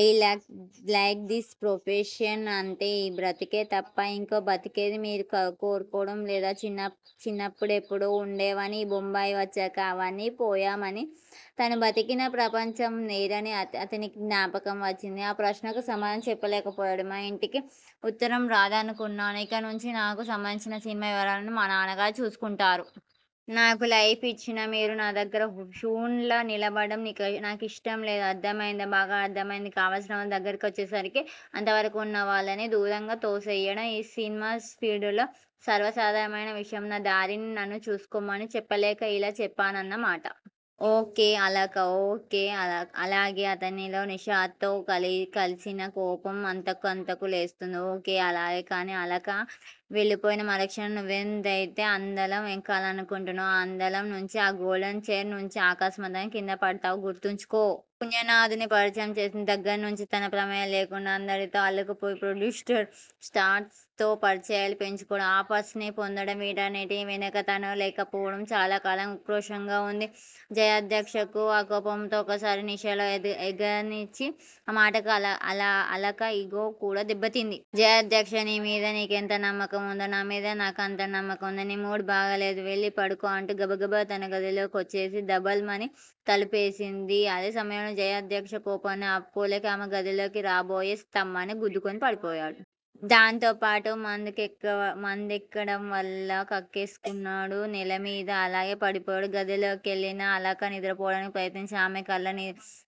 I like this profession. అంతే! ఈ బ్రాతుకే తప్ప ఇంకో బతుకేదీ మీరు కోరుకోవడం లేదా? చిన్నప్పుడెప్పుడో వుండేవని, ఈ బొంబాయి వచ్చాక అవ్వన్నీ పోయాయని, తను బతికిన ప్రపంచం వేరని అతనికి జ్ఞాపకం వచ్చింది ఆ ప్రశ్నకు సమాధానం చెప్పలేక పోయాడు. మా ఇంటికి ఉత్తరం రాద్దానుకున్నాను ఇకనుంచి నాకు సంబంధించిన సినిమా వ్యవహారాలన్నీ మా నాన్నగారు చూసుకుంటారు. నాకు లైఫ్ ఇచ్చిన మీరు నా దగ్గర ఓ ఫ్యూన్ లా నిలబడటం నా కిష్టంలేదు. అర్ధమైంది బాగా అర్దమైంది కావలసినవాళ్ళు దగ్గరకొచ్చేసరికి, అంతవరకూ వున్న వాళ్ళని దూరంగా తోసేయడం ఈ సిన్మా ఫీల్డులో సర్వసాధారణమైన విషయం నా దారిని నన్ను చూసుకోమని చెప్పలేక ఇలా చెప్పానాన్న మాట. ఓ. కే. అలక ఓ. కే! అలాగే అతనిలో నిషాతో కల్సిన కోపం అంతకంతకూ లేస్తోంది. ఓ. కే. అలాగే కానీ అలకా! వెళ్ళిపోయినా మరుక్షణం నువ్వేదయితే అందలం ఎక్కాలనుకుంటున్నావో ఆ అందలం నుంచి, ఆ గోల్డెన్ చైర్ నుంచి అకస్మాత్తుగా కిందపడతావ్ గుర్తుంచుకో. పుణ్యనాధ్ ని పరిచయం చేసిన దగ్గర్నించి, తన ప్రమేయం లేకుండా అందరితో అల్లుకుపోయి, ప్రొడ్యూసర్స్, స్టార్స్ తో పరిచయాలు పెంచుకోవడం, ఆఫర్స్ ని పొందడం, వీటన్నిటి వెనకా తను లేకపోవడం చాలా కాలంగా ఉక్రోషంగా వుంది జయాధ్యక్షకు ఆ కోపమ్ తో ఒక్కసారి నిషాలో ఎగదన్నింది. ఆ మాటకు అలక ఇగోకూడా దెబ్బతింది. జయాధ్యక్ష! నీమీద నీకెంత నమ్మకం వుందో, నా మీద నాకూ అంతే నమ్మకం వుంది. నీ మూడ్ బాగాలేదు. వెళ్ళి పడుకో అంటూ గబగబా తన గదిలో కొచ్చేసి ధబేల్ మని తలుపేసింది. అదే సమయంలో జయాధ్యక్ష కోపాన్ని ఆపుకోలేక ఆమె గదిలోకి రాబోయి స్థంభాన్ని గుద్దుకుని పడిపోయాడు. దాంతోపాటు మందెఏకాడం వల్ల కక్కేసుకున్నాడు. నేలమీద అలాగే పడిపోయాడు. గదిలోకెళ్ళిన అలక నిద్రపోడానికి ప్రయత్నించినా ఆమె కళ్ళ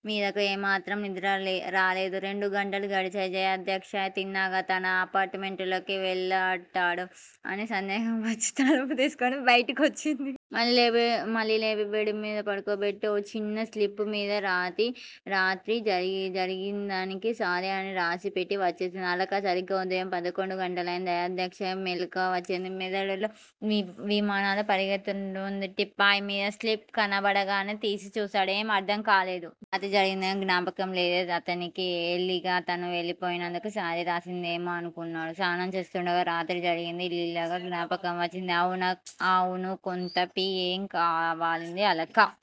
మీదకు ఏమాత్రం నిద్ర రాలేదు. రెండు గంటలు గడిచాయి. జయాధ్యక్ష తిన్నగా తన అపార్ట్ మెంట్ లోకి వెళ్ళటాడా అనే సందేహం వచ్చి, తలుపు తీసుకుని బయటకొచ్చింది. మళ్ళీ లేపి బెడ్ మీద పడుకోబెట్టీ, ఓ చిన్న స్లిప్ మీద రాత్రి జరిగిందానికి సారీ అని రాసిపెట్టి వచ్చేసింది అలక. సరిగ్గా ఉదయం పదకొండు గంటలయింది. జయాధ్యక్షకు మెలకువ వచ్చింది. మెదడులో విమానాలు పరిగెడుతున్నట్టుగా వుంది. టీపాయ్ మీద స్లిప్ కనబడగానే తీసి చూసాడు ఏం అర్ధంకాలేదు. రాత్రి జరిగిందేం జ్ఞాపకం లేదతనికి. ఎర్లీగా తను వెళ్ళిపోయినందుకు సారీ రాసిందేమో అనుకున్నాడు. స్నానం చేస్తుండగా రాత్రి జరిగింది లీలగా జ్ఞాపకం వచ్చింది. అవును కొత్త పి. ఏ కావాలంది అలక.